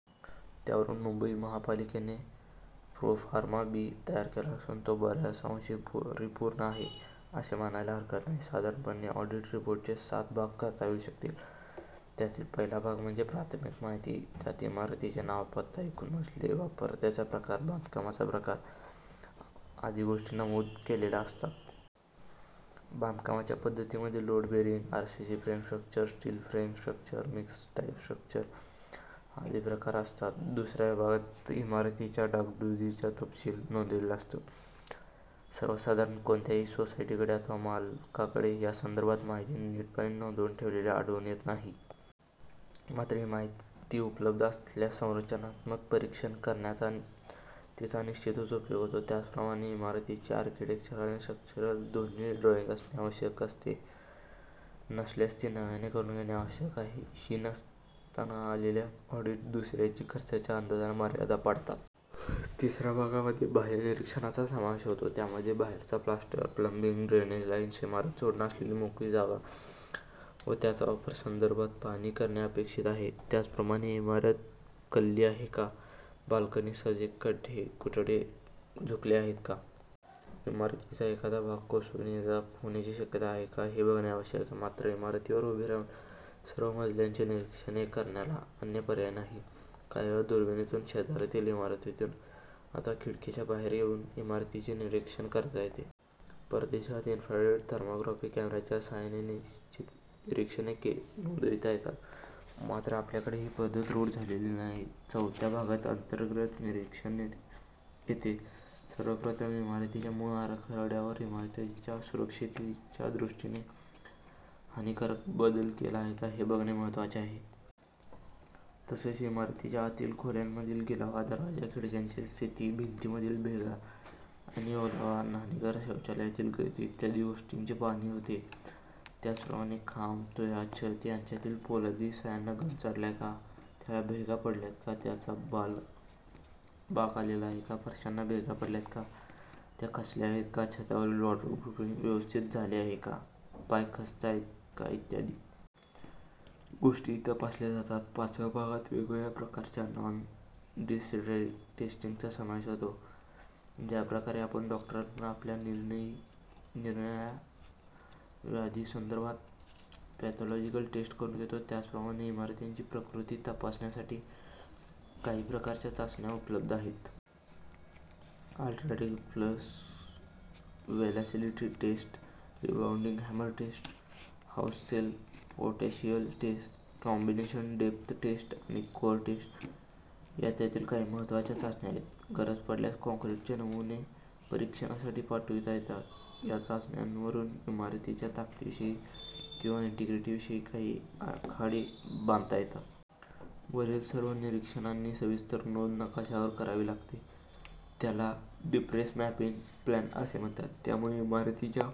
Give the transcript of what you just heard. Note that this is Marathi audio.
त्यावरून मुंबई महापालिकेने 'प्रोफार्मा बी' तयार केला असून तो बऱ्याच अंशी परिपूर्ण आहे, असे मानायला हरकत नाही. साधारणपणे ऑडिट रिपोर्टचे 'सात' भाग करता येऊ शकतील. त्यातील पहिला भाग म्हणजे प्राथमिक माहिती- त्यात इमारतीचे नाव, पत्ता, एकूण मजले, वापराचा प्रकार, बांधकामाचा प्रकार आदी गोष्टी नमूद केलेल्या असतात. बांधकामाच्या पद्धतीमध्ये load bearing, RCC frame structure, steel frames structures, mix type structures आदी प्रकार असतात. दुसऱ्या विभागात इमारतीच्या डागडुजीचा तपशील नोंदविलेला असतो. सर्वसाधारणपणे कोणत्याही सोसायटीकडे अथवा मालकाकडे या संदर्भातील माहिती नीटपणे नोंदवून ठेवलेली आढळून येत नाही. मात्र ही माहिती उपलब्ध असल्यास संरचनात्मक परीक्षण करण्यास तिचा निश्चितच उपयोग होतो. त्याचप्रमाणे इमारतीची आर्किटेक्चरल आणि स्ट्रक्चरल दोन्ही ड्रॉइंग असणे आवश्यक असते. नसल्यास ती नव्याने करून घेणे आवश्यक आहे. ही नसताना केलेल्या ऑडिट व दुरुस्तीच्या खर्चाच्या अंदाजाला मर्यादा पडतात. तिसऱ्या भागामध्ये बाहय़ निरीक्षणाचा समावेश होतो. त्यामध्ये बाहेरचे प्लास्टर, प्लम्बिंग, ड्रेनेज लाइन्स, इमारत सोडून असलेली मोकळी जागा व त्याचा वापर या संदर्भात पाहणी करणे अपेक्षित आहे. त्याचप्रमाणे इमारत कलली आहे का? बाल्कनी, सज्जे, कठडे झुकले आहेत का? इमारतीचा एखादा भाग कोसळून इजा होण्याची शक्यता आहे का? हे बघणे आवश्यक आहे. मात्र जमिनीवर उभे राहून सर्व मजल्यांची निरीक्षणे करण्याला अन्य पर्याय नाही. काही वेळा दुर्बिणीतून, शेजारील इमारतीतून अथवा खिडकीच्या बाहेर येऊन इमारतीचे निरीक्षण करता येते. परदेशात 'इन्फ्रारेड थर्माग्राफी' कॅमेराच्या साहाय्याने निरीक्षणे नोंदविता येतात. मात्र आपल्याकडे अद्याप ही पद्धत रूढ झालेली नाही. चवथ्या भागात अंतर्गत निरीक्षण येते. सर्वप्रथम इमारतीच्या मूळ आराखडय़ात इमारतीच्या सुरक्षिततेच्या दृष्टीने हानीकारक बदल केला आहे. का हे बघणे महत्त्वाचे आहे. तसेच इमारतीच्या आतील खोल्यांमधला गिलावा, दरवाजा-खिडक्यांची स्थिती, भिंतींमधील भेगा आणि ओलावा, न्हाणीघर-शौचालयातील गळती इ. गोष्टींची पाहणी होते. त्याचप्रमाणे खांब, तुळया आणि छत यांच्यातील पोलादी सळ्यांना गंज चढलाय का, त्याला भेगा पडल्यात का, त्याला बाक आलेत का, फरश्यांना भेगा पडल्यात का, त्या खचल्या आहेत का, छतावरील वॉटरप्रूफिंग व्यवस्थित झाले आहे का, पाया खचतोय का इ. गोष्टीही तपासल्या जातात. पाचव्या भागात वेगवेगळ्या प्रकारच्या नॉन-डिस्ट्रक्टिव्ह टेस्टिंग चा समावेश होतो. ज्या प्रकारे आपण डॉक्टरांकडून आपल्या निरनिराळ्या व्याधींसंदर्भात पॅथॉलॉजिकल टेस्ट करून घेतो, त्याच प्रकारे इमारतींची प्रकृती तपासण्यासाठी काही प्रकारच्या चाचण्या उपलब्ध आहेत. Ultrasonic pulse velocity test, rebound hammer test, half cell potential test, combination depth test आणि कोअर टेस्ट या त्यातील काही महत्त्वाच्या चाचण्या आहेत. गरज पडल्यास काँक्रीटचे नमुनेही परीक्षणासाठी पाठविता येतात. या चाचण्यांवरून इमारतीच्या ताकदीविषयी किंवा इन्ट्रीग्रीटीविषयी काही आडाखे बांधताना येतात. वरील सर्व निरीक्षणांची सविस्तर नोंद नकाशावर करावी लागते. त्याला डिस्ट्रेस मॅपिंग प्लॅन असे म्हणतात. त्यामुळे इमारतीच्या--